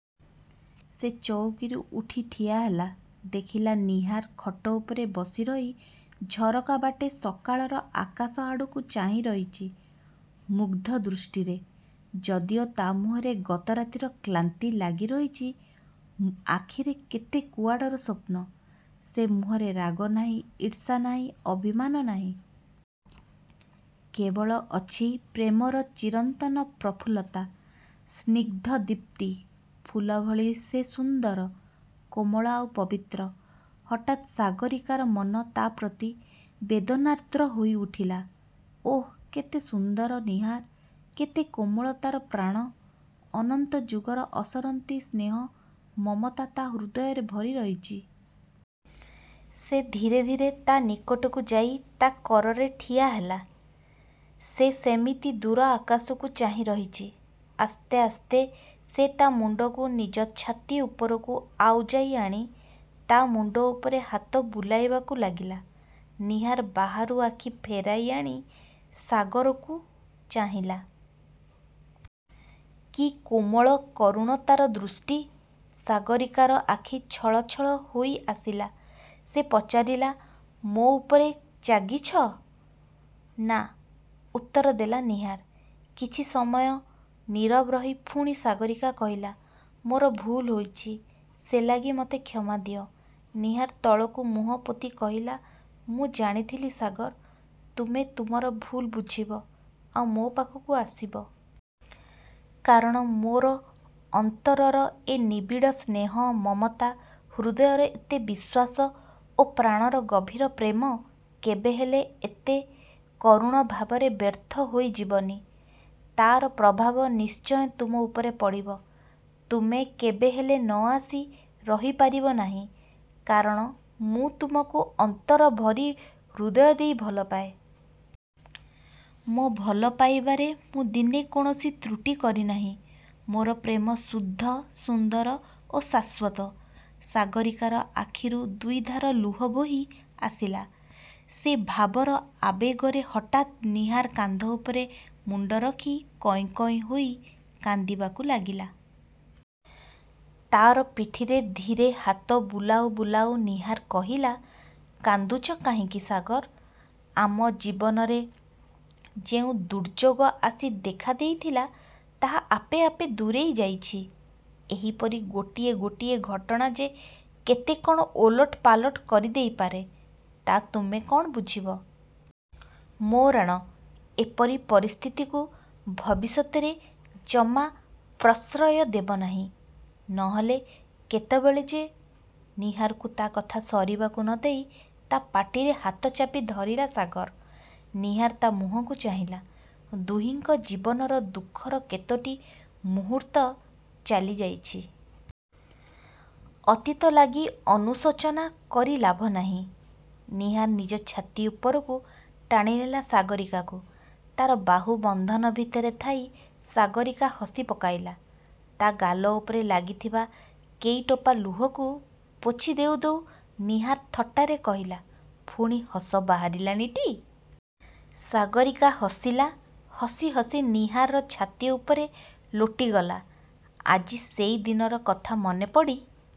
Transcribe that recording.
ସେ ଚଉକିରୁ ଉଠି ଠିଆହେଲା; ଦେଖିଲା ନୀହାର ଖଟ ଉପରେ ବସିରହି ଝରକା ବାଟେ ସକାଳର ଆକାଶ ଆଡ଼କୁ ଚାହିଁ ରହିଛି, ମୁଗ୍ଧ-ଦୃଷ୍ଟିରେ। ଯଦିଓ ତା' ମୁହଁରେ ଗତ ରାତ୍ରିର କ୍ଳାନ୍ତି ଲାଗି ରହିଛି। ଆଖିରେ କେତେ କୁଆଡ଼ର ସ୍ୱପ୍ନ। ସେ ମୁହଁରେ ରାଗ ନାହିଁ, ଈର୍ଷା ନାହିଁ, ଅଭିମାନ ନାହିଁ। କେବଳ ଅଛି ପ୍ରେମର ଚିରନ୍ତନ ପ୍ରଫୁଲ୍ଲତା-ସ୍ନିଗ୍ଧ ଦୀପ୍ତି। ଫୁଲଭଳି ସେ ସୁନ୍ଦର, କୋମଳ ଆଉ ପବିତ୍ର। ହଠାତ୍ ସାଗରୀକାର ମନ ତା'ପ୍ରତି ବେଦନାର୍ଦ୍ର ହୋଇ ଉଠିଲା। ଓଃ କେତେ ସୁନ୍ଦର ନୀହାର–କେତେ କୋମଳ ତା'ର ପ୍ରାଣ। ଅନନ୍ତ ଯୁଗର ଅସରନ୍ତି ସ୍ନେହ ମମତା ତା' ହୃଦୟରେ ଭରି ରହିଛି। ସେ ଧୀରେ ଧୀରେ ତା' ନିକଟକୁ ଯାଇ, ତା' କରରେ ଠିଆ ହେଲା। ସେ ସେମିତି ଦୂର ଆକାଶକୁ ଚାହିଁ ରହିଛି। ଆସ୍ତେ ଆସ୍ତେ ସେ ତା' ମୁଣ୍ତକୁ ନିଜ ଛାତି ଉପରକୁ ଆଉଜାଇ ଆଣି, ତା' ମୁଣ୍ତ ଉପରେ ହାତ ବୁଲାଇବାକୁ ଲାଗିଲା। ନୀହାର ବାହାରୁ ଆଖି ଫେରାଇ ଆଣି ସାଗରକୁ ଚାହିଁଲା। କି କୋମଳ କରୁଣ ତା'ର ଦୃଷ୍ଟି। ସାଗରୀକାର ଆଖି ଛଳ ଛଳ ହୋଇଆସିଲା। ସେ ପଚାରିଲା–''ମୋ ଉପରେ ଚାଗିଛ। '' ''ନା''–ଉତ୍ତର ଦେଲା ନୀହାର। କିଛି ସମୟ ନୀରବ ରହି ପୁଣି ସାଗରୀକା କହିଲା–''ମୋର ଭୁଲ୍ ହୋଇଛି–ସେ ଲାଗି ମୋତେ କ୍ଷମା ଦିଅ। '' ନୀହାର ତଳକୁ ମୁହଁ ପୋତି କହିଲା–''ମୁଁ ଜାଣିଥିଲି ସାଗର, ତୁମେ ତୁମର ଭୁଲ୍ ବୁଝିବ; ଆଉ ମୋ ପାଖକୁ ଆସିବ। କାରଣ ମୋର ଅନ୍ତରର ଏ ନିବିଡ଼ ସ୍ନେହ, ମମତା; ହୃଦୟର ଏତେ ବିଶ୍ୱାସ ଓ ପ୍ରାଣର ଗଭୀର ପ୍ରେମ; କେବେହେଲେ ଏତେ କରୁଣ ଭାବରେ ବ୍ୟର୍ଥ ହୋଇ ଯିବନି। ତା'ର ପ୍ରଭାବ ନିଶ୍ଚୟ ତୁମ ଉପରେ ପଡ଼ିବ। ତୁମେ କେବେହେଲେ ନ ଆସି ରହିପାରିବ ନାହିଁ–କାରଣ ମୁଁ ତୁମକୁ ଅନ୍ତର ଭରି, ହୃଦୟ ଦେଇ ଭଲପାଏ। ମୋ ଭଲପାଇବାରେ ମୁଁ ଦିନେ କୌଣସି ତ୍ରୁଟି କରିନାହିଁ। ମୋର ପ୍ରେମ ଶୁଦ୍ଧ, ସୁନ୍ଦର ଓ ଶାଶ୍ୱତ। '' ସାଗରୀକାର ଆଖିରୁ ଦୁଇ। ଧାର ଲୁହ ବୋହି ଆସିଲା। ସେ ଭାବର ଆବେଗରେ ହଠାତ୍ ନୀହାର କାନ୍ଧ ଉପରେ ମୁଣ୍ତ ରଖି କଇଁ କଇଁ ହୋଇ କାନ୍ଦିବାକୁ ଲାଗିଲା। ତା'ର ପିଠିରେ ଧୀରେ ହାତ ବୁଲାଉ ବୁଲାଉ ନୀହାର କହିଲା–''କାନ୍ଦୁଛ କାହିଁକି ସାଗର। ଆମ ଜୀବନରେ ଯେଉଁ ଦୁର୍ଯ୍ୟୋଗ ଆସି ଦେଖା ଦେଇଥିଲା, ତାହା ଆପେ ଆପେ ଦୂରେଇ ଯାଇଛି। ଏହିପରି ଗୋଟିଏ ଗୋଟିଏ ଘଟଣା ଯେ କେତେ କ'ଣ ଓଲଟ ପାଲଟ କରିଦେଇପାରେ, ତା' ତୁମେ କ'ଣ ବୁଝିବ। ମୋ ରାଣ–ଏପରି ପରିସ୍ଥିତିକୁ ଭବିଷ୍ୟତରେ ଜମା ପ୍ରଶ୍ରୟ ଦେବ ନାହିଁ–ନ ହେଲେ କେତେବେଳେ ଯେ...। '' ନୀହାରକୁ ତା' କଥା ସରିବାକୁ ନଦେଇ ତା' ପାଟିରେ ହାତ ଚାପି ଧରିଲା ସାଗର। ନୀହାର ତା' ମୁହଁକୁ ଚାହିଁଲା। ଦୁହିଁଙ୍କ ଜୀବନର ଦୁଃଖର କେତୋଟି ମୁହୂର୍ତ୍ତ ଚାଲିଯାଇଛି। ଅତୀତ ଲାଗି ଅନୁଶୋଚନା କରି ଲାଭ ନାହିଁ। ନୀହାର ନିଜ ଛାତି ଉପରକୁ ଟାଣିନେଲା ସାଗରୀକାକୁ। ତା'ର ବାହୁବନ୍ଧନ ଭିତରେ ଥାଇ ସାଗରୀକା ହସି ପକାଇଲା। ତା' ଗାଲ ଉପରେ ଲାଗିଥିବା କେଇ ଟୋପା ଲୁହକୁ ପୋଛି ଦେଉ ଦେଉ ନୀହାର ଥଟ୍ଟାରେ କହିଲା–''ପୁଣି ହସ ବାହାରିଲାଣିଟି? '' ସାଗରୀକା ହସିଲା। ହସି ହସି ନୀହାରର ଛାତି ଉପରେ ଲୋଟିଗଲା। ଆଜି ସେଇ ଦିନର କଥା ମନେପଡ଼ି